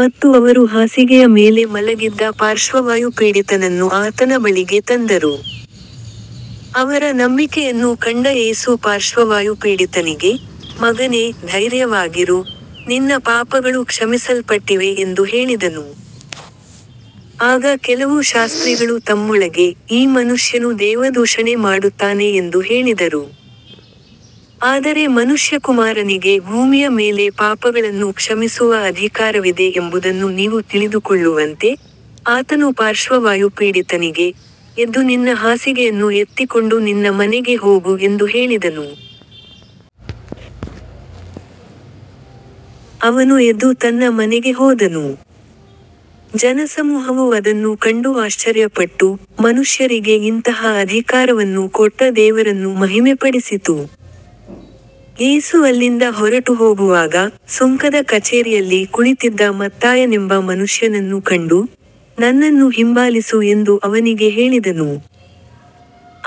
ಮತ್ತು ಅವರು ಹಾಸಿಗೆಯ ಮೇಲೆ ಮಲಗಿದ್ದ ಪಾರ್ಶ್ವವಾಯುಪೀಡಿತನನ್ನು ಆತನ ಬಳಿಗೆ ತಂದರು. ಅವರ ನಂಬಿಕೆಯನ್ನು ಕಂಡ ಯೇಸು ಪಾರ್ಶ್ವವಾಯುಪೀಡಿತನಿಗೆ, ಮಗನೇ, ಧೈರ್ಯವಾಗಿರು, ನಿನ್ನ ಪಾಪಗಳು ಕ್ಷಮಿಸಲ್ಪಟ್ಟಿವೆ ಎಂದು ಹೇಳಿದನು. ಆಗ ಕೆಲವು ಶಾಸ್ತ್ರಿಗಳು ತಮ್ಮೊಳಗೆ, ಈ ಮನುಷ್ಯನು ದೇವದೂಷಣೆ ಮಾಡುತ್ತಾನೆ ಎಂದು ಹೇಳಿದರು. ಆದರೆ ಮನುಷ್ಯಕುಮಾರನಿಗೆ ಭೂಮಿಯ ಮೇಲೆ ಪಾಪಗಳನ್ನು ಕ್ಷಮಿಸುವ ಅಧಿಕಾರವಿದೆ ಎಂಬುದನ್ನು ನೀವು ತಿಳಿದುಕೊಳ್ಳುವಂತೆ, ಆತನು ಪಾರ್ಶ್ವವಾಯುಪೀಡಿತನಿಗೆ, ಎದ್ದು ನಿನ್ನ ಹಾಸಿಗೆಯನ್ನು ಎತ್ತಿಕೊಂಡು ನಿನ್ನ ಮನೆಗೆ ಹೋಗು ಎಂದು ಹೇಳಿದನು. ಅವನು ಎದ್ದು ತನ್ನ ಮನೆಗೆ ಹೋದನು. ಜನಸಮೂಹವು ಅದನ್ನು ಕಂಡು ಆಶ್ಚರ್ಯಪಟ್ಟು, ಮನುಷ್ಯರಿಗೆ ಇಂತಹ ಅಧಿಕಾರವನ್ನು ಕೊಟ್ಟ ದೇವರನ್ನು ಮಹಿಮೆಪಡಿಸಿತು. ಯೇಸು ಅಲ್ಲಿಂದ ಹೊರಟುಹೋಗುವಾಗ, ಸುಂಕದ ಕಚೇರಿಯಲ್ಲಿ ಕುಳಿತಿದ್ದ ಮತ್ತಾಯನೆಂಬ ಮನುಷ್ಯನನ್ನು ಕಂಡು, ನನ್ನನ್ನು ಹಿಂಬಾಲಿಸು ಎಂದು ಅವನಿಗೆ ಹೇಳಿದನು.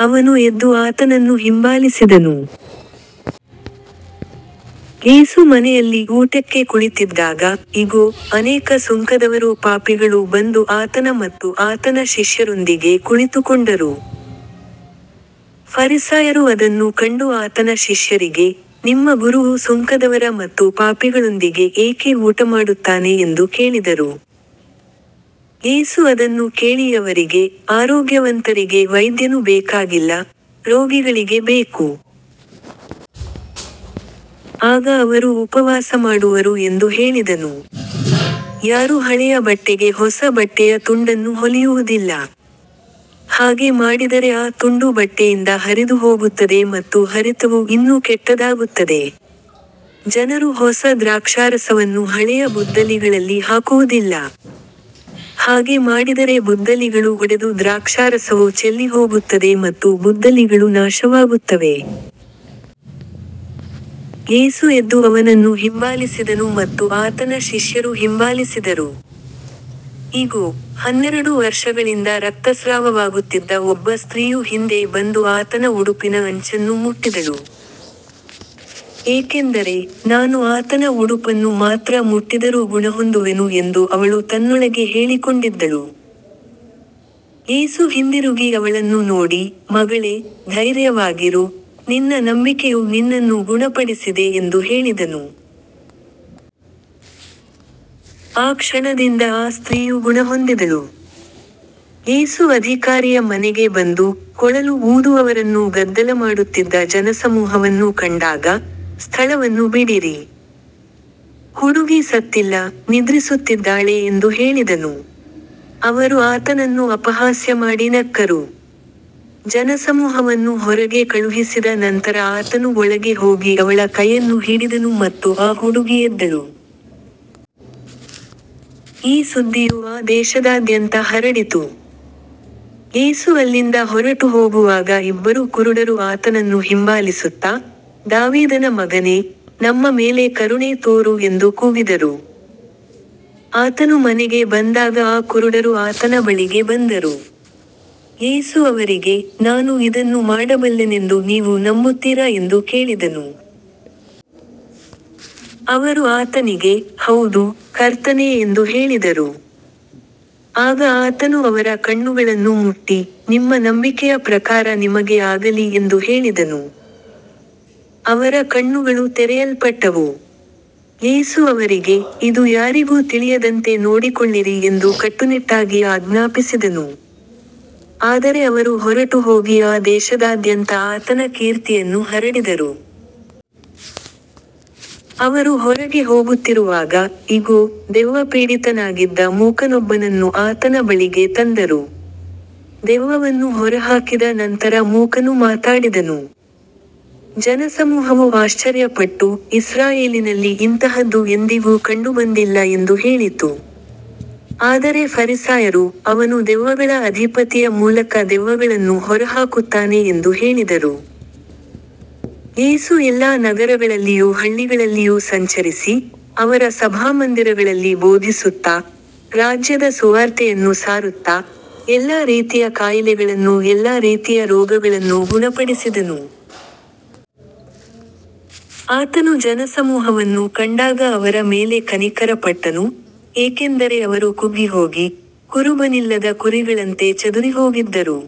ಅವನು ಎದ್ದು ಆತನನ್ನು ಹಿಂಬಾಲಿಸಿದನು. ಯೇಸು ಮನೆಯಲ್ಲಿ ಊಟಕ್ಕೆ ಕುಳಿತಿದ್ದಾಗ, ಇಗೋ, ಅನೇಕ ಸುಂಕದವರೂ ಪಾಪಿಗಳೂ ಬಂದು ಆತನ ಮತ್ತು ಆತನ ಶಿಷ್ಯರೊಂದಿಗೆ ಕುಳಿತುಕೊಂಡರು. ಫರಿಸಾಯರು ಅದನ್ನು ಕಂಡು ಆತನ ಶಿಷ್ಯರಿಗೆ, ನಿಮ್ಮ ಗುರುವು ಸುಂಕದವರ ಮತ್ತು ಪಾಪಿಗಳೊಂದಿಗೆ ಏಕೆ ಊಟಮಾಡುತ್ತಾನೆ ಎಂದು ಕೇಳಿದರು. ಯೇಸು ಅದನ್ನು ಕೇಳಿ ಅವರಿಗೆ, ಆರೋಗ್ಯವಂತರಿಗೆ ವೈದ್ಯನು ಬೇಕಾಗಿಲ್ಲ, ರೋಗಿಗಳಿಗೆ ಬೇಕು. ಆಗ ಅವರು ಉಪವಾಸಮಾಡುವರು ಎಂದು ಹೇಳಿದನು. ಯಾರೂ ಹಳೆಯ ಬಟ್ಟೆಗೆ ಹೊಸ ಬಟ್ಟೆಯ ತುಂಡನ್ನು ಹೊಲಿಯುವುದಿಲ್ಲ. ಹಾಗೆ ಮಾಡಿದರೆ ಆ ತುಂಡು ಬಟ್ಟೆಯಿಂದ ಹರಿದುಹೋಗುತ್ತದೆ ಮತ್ತು ಹರಿತವು ಇನ್ನೂ ಕೆಟ್ಟದಾಗುತ್ತದೆ. ಜನರು ಹೊಸ ದ್ರಾಕ್ಷಾರಸವನ್ನು ಹಳೆಯ ಬುದ್ದಲಿಗಳಲ್ಲಿ ಹಾಕುವುದಿಲ್ಲ. ಹಾಗೆ ಮಾಡಿದರೆ ಬುದ್ದಲಿಗಳು ಒಡೆದು ದ್ರಾಕ್ಷಾರಸವು ಚೆಲ್ಲಿಹೋಗುತ್ತದೆ ಮತ್ತು ಬುದ್ದಲಿಗಳು ನಾಶವಾಗುತ್ತವೆ. ಯೇಸು ಎದ್ದು ಅವನನ್ನು ಹಿಂಬಾಲಿಸಿದನು ಮತ್ತು ಆತನ ಶಿಷ್ಯರೂ ಹಿಂಬಾಲಿಸಿದರು. ಇಗೋ, ಹನ್ನೆರಡು ವರ್ಷಗಳಿಂದ ರಕ್ತಸ್ರಾವವಾಗುತ್ತಿದ್ದ ಒಬ್ಬ ಸ್ತ್ರೀಯು ಹಿಂದೆ ಬಂದು ಆತನ ಉಡುಪಿನ ಅಂಚನ್ನು ಮುಟ್ಟಿದಳು. ಏಕೆಂದರೆ, ನಾನು ಆತನ ಉಡುಪನ್ನು ಮಾತ್ರ ಮುಟ್ಟಿದರೂ ಗುಣಹೊಂದುವೆನು ಎಂದು ಅವಳು ತನ್ನೊಳಗೆ ಹೇಳಿಕೊಂಡಿದ್ದಳು. ಯೇಸು ಹಿಂದಿರುಗಿ ಅವಳನ್ನು ನೋಡಿ, ಮಗಳೇ, ಧೈರ್ಯವಾಗಿರು, ನಿನ್ನ ನಂಬಿಕೆಯು ನಿನ್ನನ್ನು ಗುಣಪಡಿಸಿದೆ ಎಂದು ಹೇಳಿದನು. ಆ ಕ್ಷಣದಿಂದ ಆ ಸ್ತ್ರೀಯು ಗುಣಹೊಂದಿದಳು. ಯೇಸು ಅಧಿಕಾರಿಯ ಮನೆಗೆ ಬಂದು, ಕೊಳಲು ಊದುವವರನ್ನೂ ಗದ್ದಲಮಾಡುತ್ತಿದ್ದ ಜನಸಮೂಹವನ್ನೂ ಕಂಡಾಗ, ಸ್ಥಳವನ್ನು ಬಿಡಿರಿ. ಹುಡುಗಿ ಸತ್ತಿಲ್ಲ, ನಿದ್ರಿಸುತ್ತಿದ್ದಾಳೆ ಎಂದು ಹೇಳಿದನು. ಅವರು ಆತನನ್ನು ಅಪಹಾಸ್ಯಮಾಡಿ ನಕ್ಕರು. ಜನಸಮೂಹವನ್ನು ಹೊರಗೆ ಕಳುಹಿಸಿದ ನಂತರ ಆತನು ಒಳಗೆ ಹೋಗಿ ಅವಳ ಕೈಯನ್ನು ಹಿಡಿದನು ಮತ್ತು ಆ ಹುಡುಗಿ ಎದ್ದಳು. ಈ ಸುದ್ದಿಯು ಆ ದೇಶದಾದ್ಯಂತ ಹರಡಿತು. ಯೇಸು ಅಲ್ಲಿಂದ ಹೊರಟುಹೋಗುವಾಗ ಇಬ್ಬರು ಕುರುಡರು ಆತನನ್ನು ಹಿಂಬಾಲಿಸುತ್ತಾ, ದಾವೀದನ ಮಗನೇ, ನಮ್ಮ ಮೇಲೆ ಕರುಣೆ ತೋರು ಎಂದು ಕೂಗಿದರು. ಆತನು ಮನೆಗೆ ಬಂದಾಗ ಆ ಕುರುಡರು ಆತನ ಬಳಿಗೆ ಬಂದರು. ಯೇಸು ಅವರಿಗೆ, ನಾನು ಇದನ್ನು ಮಾಡಬಲ್ಲೆನೆಂದು ನೀವು ನಂಬುತ್ತೀರಾ ಎಂದು ಕೇಳಿದನು. ಅವರು ಆತನಿಗೆ, ಹೌದು, ಕರ್ತನೇ ಎಂದು ಹೇಳಿದರು. ಆಗ ಆತನು ಅವರ ಕಣ್ಣುಗಳನ್ನು ಮುಟ್ಟಿ, ನಿಮ್ಮ ನಂಬಿಕೆಯ ಪ್ರಕಾರ ನಿಮಗೆ ಆಗಲಿ ಎಂದು ಹೇಳಿದನು. ಅವರ ಕಣ್ಣುಗಳು ತೆರೆಯಲ್ಪಟ್ಟವು. ಯೇಸು ಅವರಿಗೆ, ಇದು ಯಾರಿಗೂ ತಿಳಿಯದಂತೆ ನೋಡಿಕೊಳ್ಳಿರಿ ಎಂದು ಕಟ್ಟುನಿಟ್ಟಾಗಿ ಆಜ್ಞಾಪಿಸಿದನು. ಆದರೆ ಅವರು ಹೊರಟುಹೋಗಿ ಆ ದೇಶದಾದ್ಯಂತ ಆತನ ಕೀರ್ತಿಯನ್ನು ಹರಡಿದರು. ಅವರು ಹೊರಗೆ ಹೋಗುತ್ತಿರುವಾಗ, ಇಗೋ, ದೆವ್ವಪೀಡಿತನಾಗಿದ್ದ ಮೂಕನೊಬ್ಬನನ್ನು ಆತನ ಬಳಿಗೆ ತಂದರು. ದೆವ್ವವನ್ನು ಹೊರಹಾಕಿದ ನಂತರ ಮೂಕನು ಮಾತಾಡಿದನು. ಜನಸಮೂಹವು ಆಶ್ಚರ್ಯಪಟ್ಟು, ಇಸ್ರಾಯೇಲಿನಲ್ಲಿ ಇಂತಹದ್ದು ಎಂದಿಗೂ ಕಂಡುಬಂದಿಲ್ಲ ಎಂದು ಹೇಳಿತು. ಆದರೆ ಫರಿಸಾಯರು, ಅವನು ದೆವ್ವಗಳ ಅಧಿಪತಿಯ ಮೂಲಕ ದೆವ್ವಗಳನ್ನು ಹೊರಹಾಕುತ್ತಾನೆ ಎಂದು ಹೇಳಿದರು. ಯೇಸು ಎಲ್ಲಾ ನಗರಗಳಲ್ಲಿಯೂ ಹಳ್ಳಿಗಳಲ್ಲಿಯೂ ಸಂಚರಿಸಿ, ಅವರ ಸಭಾಮಂದಿರಗಳಲ್ಲಿ ಬೋಧಿಸುತ್ತಾ, ರಾಜ್ಯದ ಸುವಾರ್ತೆಯನ್ನು ಸಾರುತ್ತಾ, ಎಲ್ಲಾ ರೀತಿಯ ಕಾಯಿಲೆಗಳನ್ನೂ ಎಲ್ಲಾ ರೀತಿಯ ರೋಗಗಳನ್ನೂ ಗುಣಪಡಿಸಿದನು. ಆತನು ಜನಸಮೂಹವನ್ನು ಕಂಡಾಗ ಅವರ ಮೇಲೆ ಕನಿಕರಪಟ್ಟನು, ಏಕೆಂದರೆ ಅವರು ಕುಗ್ಗಿಹೋಗಿ, ಕುರುಬನಿಲ್ಲದ ಕುರಿಗಳಂತೆ ಚದುರಿಹೋಗಿದ್ದರು.